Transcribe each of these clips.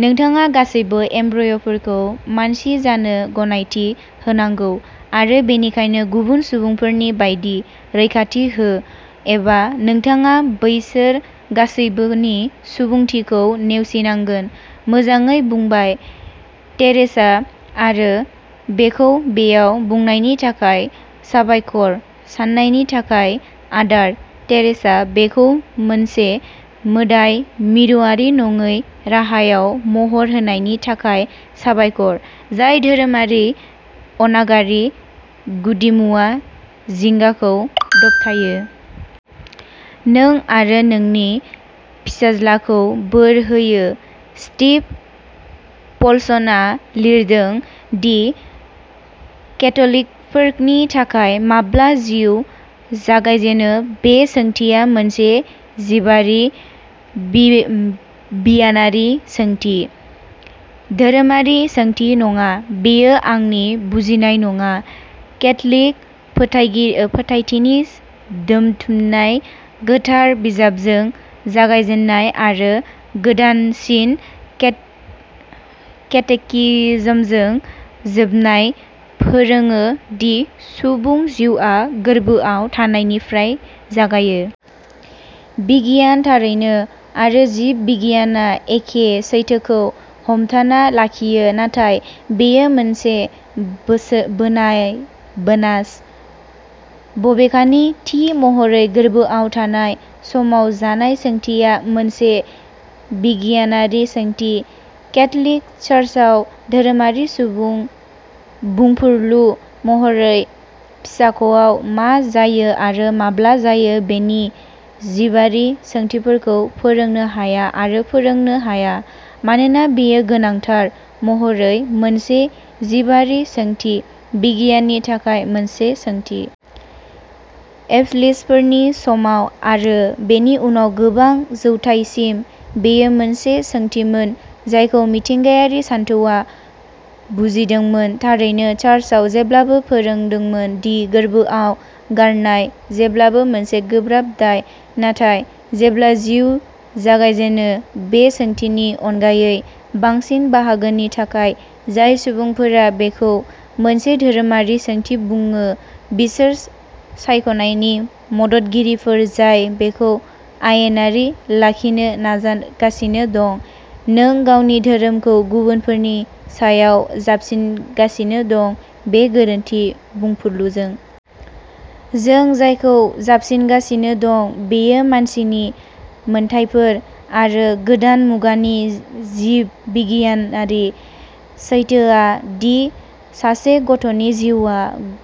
नोंथाङा गासैबो एम्ब्रय'फोरखौ मानसि जानो गनायथि होनांगौ, आरो बेनिखायनो गुबुन सुबुंफोरनि बायदि रैखाथि हो, एबा नोंथाङा बैसोर गासैबोनि सुबुंथिखौ नेवसिनांगोन। मोजाङै बुंबाय, टेरेसा, आरो बेखौ बेयाव बुंनायनि थाखाय साबायखर! साननायनि थाखाय आदार, टेरेसा; बेखौ मोनसे मोदाय-मिरुआरि नङै राहायाव महर होनायनि थाखाय साबायखर, जाय धोरोमारि अनागारि गुदिमुवा जिंगाखौ दबथायो। नों आरो नोंनि फिसाज्लाखौ बोर होयो। स्टिभ पलसनआ लिरदों दि, केथ'लिकफोरनि थाखाय, माब्ला जिउ जागायजेनो बे सोंथिया मोनसे जिबारि िगियानारि सोंथि, धोरोमारि सोंथि नङा। बेयो आंनि बुजिनाय नङा। केथ'लिक फोथायथिनि दोनथुमनाय, गोथार बिजाबजों जागायजेन्नाय आरो गोदानसिन केटेकिज्मजों जोबनाया, फोरोङो दि सुबुं जिउआ गोर्बोआव थानायनिफ्राय जागायो। बिगियान थारैनो, आरो जिब बिगियानआ एखे सैथोखौ हमथाना लाखियो, नाथाय बेयो मोनसे बोनास। बबेखानि, थि महरै गोर्बोआव थानाय समाव जानाय सोंथिया मोनसे बिगियानारि सोंथि। केथ'लिक चार्चआ धोरोमारि बुंफुरलु महरै फिसाख'आव मा जायो आरो माब्ला जायो बेनि जिबारि सैथोफोरखौ फोरोंनो हाया आरो फोरोंनो हाया, मानोना बेयो गोनांथार महरै मोनसे जिबारि सोंथि, बिगियाननि थाखाय मोनसे सोंथि। एप'स्लिसफोरनि समाव आरो बेनि उनाव गोबां जौथायसिम बेयो मोनसे सोंथिमोन जायखौ मिथिंगायारि सानथौआ बुजिदोंमोन। थारैनो चार्चआ जेब्लाबो फोरोंदोंमोन दि गोर्बोआव गारनाया जेब्लाबो मोनसे गोब्राब दाय, नाथाय जेब्ला जिउ जागायजेनो बे सोंथिनि अनगायै।। बांसिन बाहागोनि थाखाय, जाय सुबुंफोरा बेखौ मोनसे धोरोमारि सोंथि बुङो बिसोर सायख'नायनि मददगिरिफोर जाय बेखौ आयेनारि लाखिनो नाजागासिनो दं "नों गावनि धोरोमखौ गुबुनफोरनि सायाव जाबसिनगासिनो दं" बे गोरोन्थि बुंफुरलुजों। जों जायखौ जाबसिनगासिनो दं बेयो मानसिनि मोनथायफोर। आरो गोदान मुगानि जिब बिगियानारि सैथोआ दि सासे गथ'नि जिउआ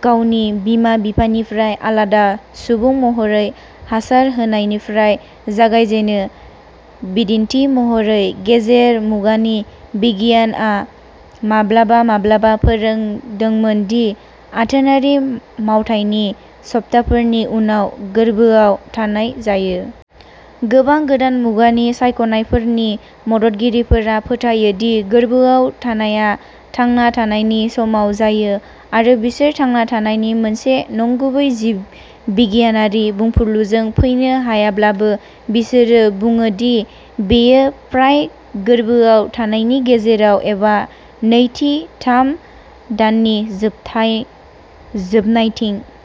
गावनि बिमा-बिफानिफ्राय आलादा सुबुं महरै हासार होनायनिफ्राय जागायजेनो। बिदिन्थि महरै, गेजेर मुगानि बिगियानआ माब्लाबा-माब्लाबा फोरोंदोंमोन दि आथोनारि मावथायनि सप्ताफोरनि उनाव गोर्बोआव थानाय जायो। गोबां गोदान मुगानि सायख'नायफोरनि मददगिरिफोरा फोथायो दि गोर्बोआव थानायआ "थांना थानायनि" समाव जायो आरो बिसोर "थांना थानायनि" मोनसे नंगुबै जिब बिगियानारि बुंफुरलुजों फैनो हायाब्लाबो बिसोरो बुङो दि बेयो फ्राय गोर्बोआव थानायनि गेजेराव एबा नैथि थाम दाननि जोबनायथिं।